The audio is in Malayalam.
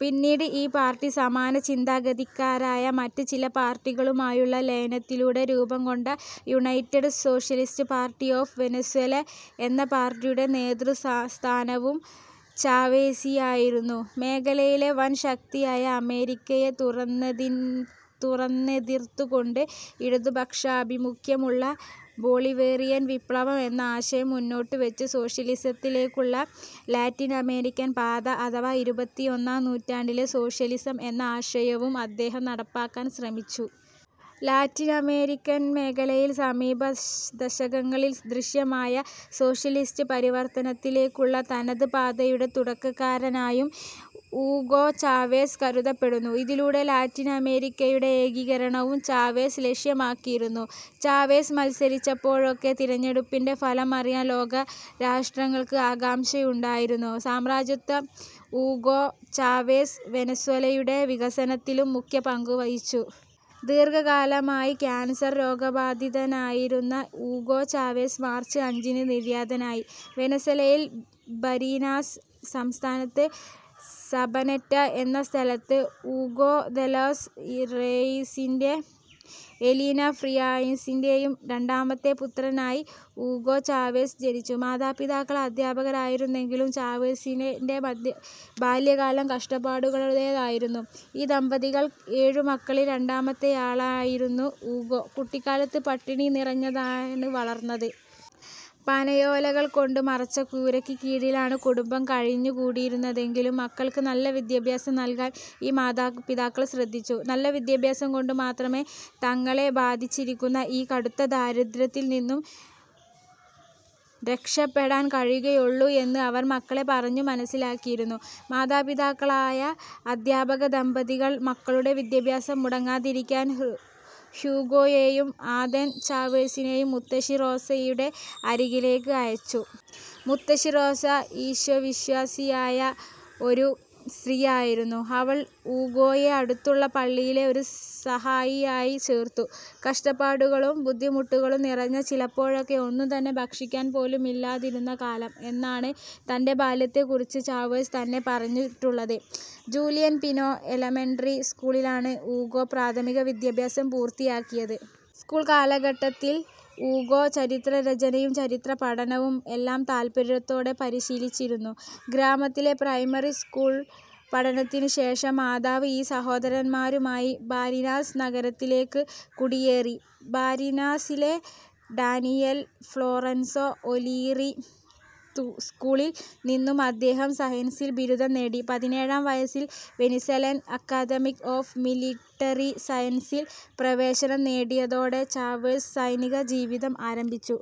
പിന്നീട് ഈ പാർട്ടി സമാനചിന്താഗതിക്കാരായ മറ്റ് ചില പാർട്ടികളുമായുള്ള ലയനത്തിലൂടെ രൂപംകൊണ്ട united socialist party of Venezuela എന്ന പാർട്ടിയുടെ നേതൃസ്ഥാനവും ചാവെസിനായിരുന്നു. മേഖലയിലെ വൻശക്തിയായ അമേരിക്കയെ തുറന്നെതിർത്തുകൊണ്ട്, ഇടതുപക്ഷാഭിമുഖ്യമുള്ള ബൊളിവേറിയൻ വിപ്ലവം എന്ന ആശയം മുന്നോട്ടുവെച്ച് സോഷ്യലിസത്തിലേക്കുള്ള ലാറ്റിനമേരിക്കൻ പാത അഥവാ ഇരുപത്തിയൊന്നാം നൂറ്റാണ്ടിലെ സോഷ്യലിസം എന്ന ആശയവും അദ്ദേഹം നടപ്പാക്കാൻ ശ്രമിച്ചു. ലാറ്റിൻ അമേരിക്കൻ മേഖലയിൽ സമീപദശകങ്ങളിൽ ദൃശ്യമായ സോഷ്യലിസ്റ്റ് പരിവർത്തനത്തിലേക്കുള്ള തനത് പാതയുടെ തുടക്കക്കാരാനായും ഊഗോ ചാവെസ് കരുതപ്പെടുന്നു. ഇതിലൂടെ ലാറ്റിനമേരിക്കയുടെ ഏകീകരണവും ചാവെസ് ലക്ഷ്യമാക്കിയിരുന്നു. ചാവെസ് മത്സരിച്ചപ്പോഴൊക്കെ തിരഞ്ഞെടുപ്പിന്റെ ഫലം അറിയാൻ ലോകരാഷ്ട്രങ്ങൾക്ക് ആകാംക്ഷയുണ്ടായിരുന്നു. സാമ്രാജ്യത്വ ഇടപെടലുകൾക്ക് കീഴടങ്ങാതെ ഊഗോ ചാവെസ് വെനസ്വെലയുടെ വികസനത്തിലും മുഖ്യപങ്കുവഹിച്ചു. ദീർഘകാലമായി ക്യാൻസർ രോഗബാധിതനായിരുന്ന ഊഗോ ചാവെസ് മാർച്ച് അഞ്ചിന് നിര്യാതനായി. വെനസ്വേലയിലെ ബരീനാസ് സംസ്ഥാനത്ത് സബനെറ്റ എന്ന സ്ഥലത്ത് ഊഗോ ദെലോസ് റെയസിന്റെയും എലീന ഫ്രിയാസിന്റെയും രണ്ടാമത്തെ പുത്രനായി ഊഗോ ചാവെസ് ജനിച്ചു. മാതാപിതാക്കൾ അദ്ധ്യാപകരായിരുന്നെങ്കിലും ചാവെസിന്റെ ബാല്യകാലം കഷ്ടപ്പാടുകളുടേതായിരുന്നു. ഈ ദമ്പതികളുടെ ഏഴുമക്കളിൽ രണ്ടാമത്തെയാളായിരുന്ന ഊഗോ കുട്ടിക്കാലത്ത് പട്ടിണിയറിഞ്ഞാണ് വളർന്നത്. പനയോലകൾക്കൊണ്ട് മറച്ച കൂരയ്ക്കു കീഴിലാണ് കുടുംബം കഴിഞ്ഞുകൂടിയിരുന്നതെങ്കിലും മക്കൾക്ക് നല്ല വിദ്യാഭ്യാസം നൽകാൻ ഈ മാതാപിതാക്കൾ ശ്രദ്ധിച്ചു. നല്ല വിദ്യാഭ്യാസം കൊണ്ടു മാത്രമേ തങ്ങളെ ബാധിച്ചിരിക്കുന്ന ഈ കടുത്ത ദാരിദ്ര്യത്തിൽ നിന്നും രക്ഷപ്പെടാൻ കഴിയുകയുള്ളു എന്നു അവർ മക്കളെ പറഞ്ഞു മനസ്സിലാക്കിയിരുന്നു. മാതാപിതാക്കളായ അധ്യാപക ദമ്പതികൾ മക്കളുടെ വിദ്യാഭ്യാസം മുടങ്ങാതിരിക്കാൻ ഹ്യൂഗോയേയും ആദൻ ചാവേസിനേയും മുത്തശ്ശി റോസയുടെ അരികിലേക്ക് അയച്ചു. മുത്തശ്ശി റോസ ഈശ്വവിശ്വാസിയായ ഒരു സ്ത്രീയായിരുന്നു. അവൾ ഊഗോയെ അടുത്തുള്ള പള്ളിയിലെ ഒരു സഹായിയായി ചേർത്തു. കഷ്ടപ്പാടുകളും, ബുദ്ധിമുട്ടുകളും നിറഞ്ഞ, ചിലപ്പോഴൊക്കെ ഒന്നും തന്നെ ഭക്ഷിക്കാൻ പോലുമില്ലാതിരുന്ന കാലം എന്നാണ് തന്റെ ബാല്യത്തെക്കുറിച്ച് ചാവെസ് തന്നെ പറഞ്ഞിട്ടുള്ളത്. ജൂലിയൻ പിനോ എലമെന്ററി സ്കൂളിലാണ് ഊഗോ പ്രാഥമിക വിദ്യാഭ്യാസം പൂർത്തിയാക്കിയത്. സ്കൂൾ കാലഘട്ടത്തിൽ ഊഗോ ചിത്രരചനയും ചരിത്രപഠനവും എല്ലാം താല്പര്യത്തോടെ പരിശീലിച്ചിരുന്നു. ഗ്രാമത്തിലെ പ്രൈമറി സ്കൂൾ പഠനത്തിനു ശേഷം മാതാവ് ഈ സഹോദരൻമാരുമായി ബാരിനാസ് നഗരത്തിലേക്കു കുടിയേറി. ബരീനാസിലെ ഡാനിയേൽ ഫ്ലൊറൻസോ ഒലീറി സ്ക്കൂളിൽ നിന്നും അദ്ദേഹം സയൻസിൽ ബിരുദം നേടി. പതിനേഴാം വയസിൽ വെനിസ്വെലൻ അക്കാദമി ഓഫ് മിലിട്ടറി സയൻസസിൽ പ്രവേശനം നേടിയതോടെ ചാവെസിന്റെ സൈനിക ജീവിതം ആരംഭിച്ചു.